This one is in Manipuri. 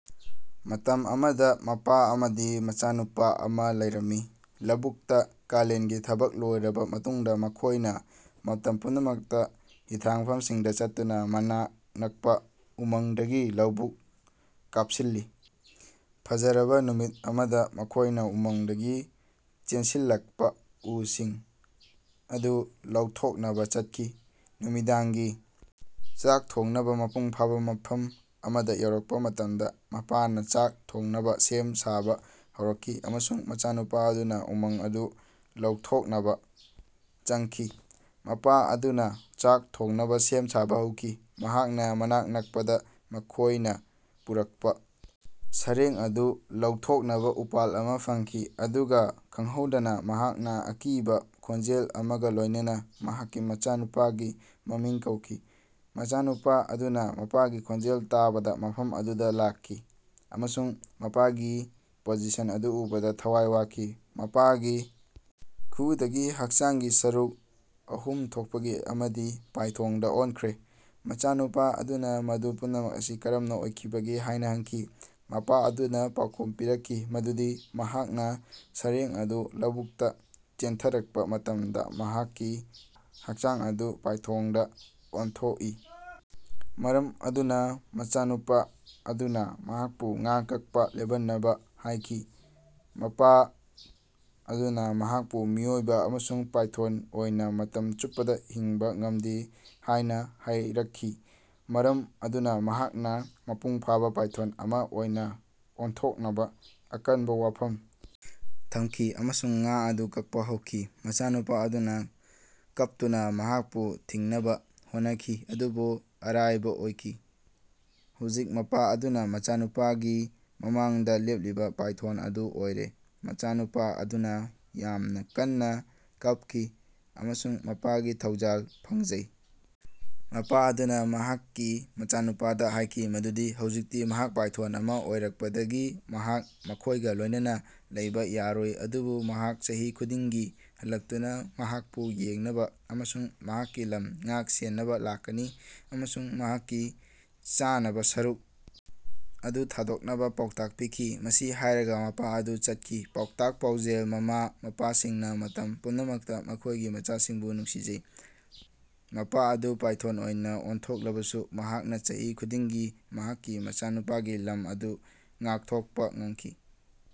ꯃꯇꯝ ꯑꯃꯗꯥ ꯃꯄꯥ ꯑꯃꯗꯤ ꯃꯆꯥꯅꯨꯄꯥ ꯑꯃꯥ ꯂꯩꯔꯝꯃꯤ꯫ ꯂꯧꯕꯨꯛꯇꯥ ꯀꯥꯂꯦꯟꯒꯤ ꯊꯕꯛ ꯂꯣꯏꯔꯕꯥ ꯃꯇꯨꯡꯗꯥ ꯃꯈꯣꯏꯅꯥ ꯃꯇꯝ ꯄꯨꯝꯅꯃꯛꯇꯥ ꯍꯤꯊꯥꯡꯐꯝꯁꯤꯡꯗꯥ ꯆꯠꯇꯨꯅꯥ ꯃꯅꯥꯛ ꯅꯛꯄꯥ ꯎꯃꯪꯗꯒꯤ ꯂꯧꯕꯨꯛ ꯀꯥꯞꯁꯤꯜꯂꯤ꯫ ꯐꯖꯔꯕꯥ ꯅꯨꯃꯤꯠ ꯑꯃꯗꯥ ꯃꯈꯣꯏꯅꯥ ꯎꯃꯪꯗꯒꯤ ꯆꯦꯟꯁꯤꯜꯂꯛꯄꯥ ꯎꯁꯤꯡ ꯑꯗꯨ ꯂꯧꯊꯣꯛꯅꯕꯥ ꯆꯠꯈꯤ꯫ ꯅꯨꯃꯤꯗꯥꯡꯒꯤ ꯆꯥꯛ ꯊꯣꯡꯅꯕꯥ ꯃꯄꯨꯡ ꯐꯥꯕꯥ ꯃꯐꯝ ꯑꯃꯗꯥ ꯌꯧꯔꯛꯄꯥ ꯃꯇꯝꯗꯥ ꯃꯄꯥꯅꯥ ꯆꯥꯛ ꯊꯣꯡꯅꯕꯥ ꯁꯦꯝ ꯁꯥꯕꯥ ꯍꯧꯔꯛꯈꯤ ꯑꯃꯁꯨꯡ ꯃꯆꯥꯅꯨꯄꯥ ꯑꯗꯨꯅꯥ ꯎꯃꯪ ꯑꯗꯨ ꯂꯧꯊꯣꯛꯅꯕꯥ ꯆꯪꯈꯤ꯫ ꯃꯄꯥ ꯑꯗꯨꯅꯥ ꯆꯥꯛ ꯊꯣꯡꯅꯕꯥ ꯁꯦꯝ ꯁꯥꯕꯥ ꯍꯧꯈꯤ꯫ ꯃꯍꯥꯛꯅꯥ ꯃꯅꯥꯛ ꯅꯛꯄꯗꯥ ꯃꯈꯣꯏꯅꯥ ꯄꯨꯔꯛꯄꯥ ꯁꯥꯔꯦꯡ ꯑꯗꯨ ꯂꯧꯊꯣꯛꯅꯕꯥ ꯎꯄꯥꯜ ꯑꯃꯥ ꯐꯪꯈꯤ ꯑꯗꯨꯒꯥ ꯈꯪꯍꯧꯗꯅꯥ ꯃꯍꯥꯛꯅꯥ ꯑꯀꯤꯕꯥ ꯈꯣꯟꯖꯦꯜ ꯑꯃꯒꯥ ꯂꯣꯏꯅꯅꯥ ꯃꯍꯥꯛꯀꯤ ꯃꯆꯥꯅꯨꯄꯥꯒꯤ ꯃꯃꯤꯡ ꯀꯧꯈꯤ꯫ ꯃꯆꯥꯅꯨꯄꯥ ꯑꯗꯨꯅꯥ ꯃꯄꯥꯒꯤ ꯈꯣꯟꯖꯦꯜ ꯇꯥꯕꯗꯥ ꯃꯐꯝ ꯑꯗꯨꯗꯥ ꯂꯥꯛꯈꯤ ꯑꯃꯁꯨꯡ ꯃꯄꯥꯒꯤ ꯄꯣꯖꯤꯁꯟ ꯑꯗꯨ ꯎꯕꯗꯥ ꯊꯋꯥꯏ ꯋꯥꯈꯤ꯫ ꯃꯄꯥꯒꯤ ꯈꯨꯎꯗꯒꯤ ꯍꯛꯆꯥꯡꯒꯤ ꯁꯔꯨꯛ ꯑꯍꯨꯝ ꯊꯣꯛꯄꯒꯤ ꯑꯃꯗꯤ ꯄꯥꯏꯊꯣꯡꯗꯥ ꯑꯣꯟꯊꯣꯛꯈ꯭ꯔꯦ꯫ ꯃꯆꯥꯅꯨꯄꯥ ꯑꯗꯨꯅꯥ ꯃꯗꯨ ꯄꯨꯝꯅꯃꯛ ꯑꯁꯤ ꯀꯔꯝꯅꯥ ꯑꯣꯏꯈꯤꯕꯒꯦ ꯍꯥꯏꯅꯥ ꯍꯪꯈꯤ꯫ ꯃꯄꯥ ꯑꯗꯨꯅꯥ ꯄꯥꯎꯈꯨꯝ ꯄꯤꯔꯛꯈꯤ ꯃꯗꯨꯗꯤ ꯃꯍꯥꯛꯅꯥ ꯁꯥꯔꯦꯡ ꯑꯗꯨ ꯂꯧꯕꯨꯛꯇꯥ ꯆꯦꯟꯊꯔꯛꯄꯥ ꯃꯇꯝꯗꯥ ꯃꯍꯥꯛꯀꯤ ꯍꯛꯆꯥꯡ ꯑꯗꯨ ꯄꯥꯏꯊꯣꯟꯗꯥ ꯑꯣꯟꯊꯣꯛꯏ ꯃꯔꯝ ꯑꯗꯨꯅꯥ ꯃꯆꯥꯅꯨꯄꯥ ꯑꯗꯨꯅꯥ ꯃꯍꯥꯛꯄꯨ ꯉꯥ ꯀꯛꯄꯥ ꯂꯦꯞꯍꯟꯅꯕꯥ ꯍꯥꯏꯈꯤ꯫ ꯃꯄꯥ ꯑꯗꯨꯅꯥ ꯃꯍꯥꯛꯄꯨ ꯃꯤꯑꯣꯏꯕꯥ ꯑꯃꯁꯨꯡ ꯄꯥꯏꯊꯣꯟ ꯑꯣꯏꯅꯥ ꯃꯇꯝ ꯆꯨꯞꯄꯗꯥ ꯍꯤꯡꯕꯥ ꯉꯝꯗꯦ ꯍꯥꯏꯅꯥ ꯍꯥꯏꯔꯛꯈꯤ ꯃꯔꯝ ꯑꯗꯨꯅꯥ ꯃꯍꯥꯛꯅꯥ ꯃꯄꯨꯡ ꯐꯥꯕꯥ ꯄꯥꯏꯊꯣꯟ ꯑꯃꯥ ꯑꯣꯏꯅꯥ ꯑꯣꯟꯊꯣꯛꯅꯕꯥ ꯑꯀꯟꯕꯥ ꯋꯥꯐꯝ ꯊꯝꯈꯤ ꯑꯃꯁꯨꯡ ꯉꯥ ꯑꯗꯨ ꯀꯛꯄꯥ ꯍꯧꯈꯤ꯫ ꯃꯆꯥꯅꯨꯄꯥ ꯑꯗꯨꯅꯥ ꯀꯞꯇꯨꯅꯥ ꯃꯍꯥꯛꯄꯨ ꯊꯤꯡꯅꯕꯥ ꯍꯣꯠꯅꯈꯤ ꯑꯗꯨꯕꯨ ꯑꯔꯥꯏꯕꯥ ꯑꯣꯏꯈꯤ꯫ ꯍꯧꯖꯤꯛ ꯃꯄꯥ ꯑꯗꯨꯅꯥ ꯃꯆꯥꯅꯨꯄꯥꯒꯤ ꯃꯃꯥꯡꯗꯥ ꯂꯦꯞꯂꯤꯕꯥ ꯄꯥꯏꯊꯣꯟ ꯑꯃꯥ ꯑꯣꯏꯔꯦ꯫ ꯃꯆꯥꯅꯨꯄꯥ ꯑꯗꯨꯅꯥ ꯌꯥꯝꯅꯥ ꯀꯟꯅꯥ ꯀꯞꯈꯤ ꯑꯃꯁꯨꯡ ꯃꯄꯥꯒꯤ ꯊꯧꯖꯥꯜ ꯐꯪꯖꯩ꯫ ꯃꯄꯥ ꯑꯗꯨꯅꯥ ꯃꯍꯥꯛꯀꯤ ꯃꯆꯥꯅꯨꯄꯥꯗꯥ ꯍꯥꯏꯈꯤ ꯃꯗꯨꯗꯤ ꯍꯧꯖꯤꯛꯇꯤ ꯃꯍꯥꯛ ꯄꯥꯏꯊꯣꯟ ꯑꯃꯥ ꯑꯣꯏꯔꯛꯄꯗꯒꯤ ꯃꯍꯥꯛ ꯃꯈꯣꯏꯒꯥ ꯂꯣꯏꯅꯅꯥ ꯂꯩꯕꯥ ꯌꯥꯔꯣꯏ ꯑꯗꯨꯕꯨ ꯃꯍꯥꯛ ꯆꯍꯤ ꯈꯨꯗꯤꯡꯒꯤ ꯍꯜꯂꯛꯇꯨꯅꯥ ꯃꯍꯥꯛꯄꯨ ꯌꯦꯡꯅꯕꯥ ꯑꯃꯁꯨꯡ ꯃꯍꯥꯛꯀꯤ ꯂꯝ ꯉꯥꯛ ꯁꯦꯟꯅꯕꯥ ꯂꯥꯛꯀꯅꯤ ꯑꯃꯁꯨꯡ ꯃꯍꯥꯛꯀꯤ ꯆꯥꯅꯕꯥ ꯁꯔꯨꯛ ꯑꯗꯨ ꯊꯥꯗꯣꯛꯅꯕꯥ ꯄꯥꯎꯇꯥꯛ ꯄꯤꯈꯤ꯫ ꯃꯁꯤ ꯍꯥꯏꯔꯒꯥ ꯃꯄꯥ ꯑꯗꯨ ꯆꯠꯈꯤ꯫ ꯄꯥꯎꯇꯥꯛ ꯄꯥꯎꯖꯦꯜ ꯃꯃꯥ ꯃꯄꯥꯁꯤꯡꯅꯥ ꯃꯇꯝ ꯄꯨꯝꯅꯃꯛꯇꯥ ꯃꯈꯣꯏꯒꯤ ꯃꯆꯥꯁꯤꯡꯕꯨ ꯅꯨꯡꯁꯤꯖꯩ꯫ ꯃꯄꯥ ꯑꯗꯨ ꯄꯥꯏꯊꯣꯟ ꯑꯣꯏꯅꯥ ꯑꯣꯟꯊꯣꯛꯂꯕꯁꯨ ꯃꯍꯥꯛꯅꯥ ꯆꯍꯤ ꯈꯨꯗꯤꯡꯒꯤ ꯃꯍꯥꯛꯀꯤ ꯃꯆꯥꯅꯨꯄꯥꯒꯤ ꯂꯝ ꯑꯗꯨ ꯉꯥꯛꯊꯣꯛꯄꯥ ꯉꯝꯈꯤ꯫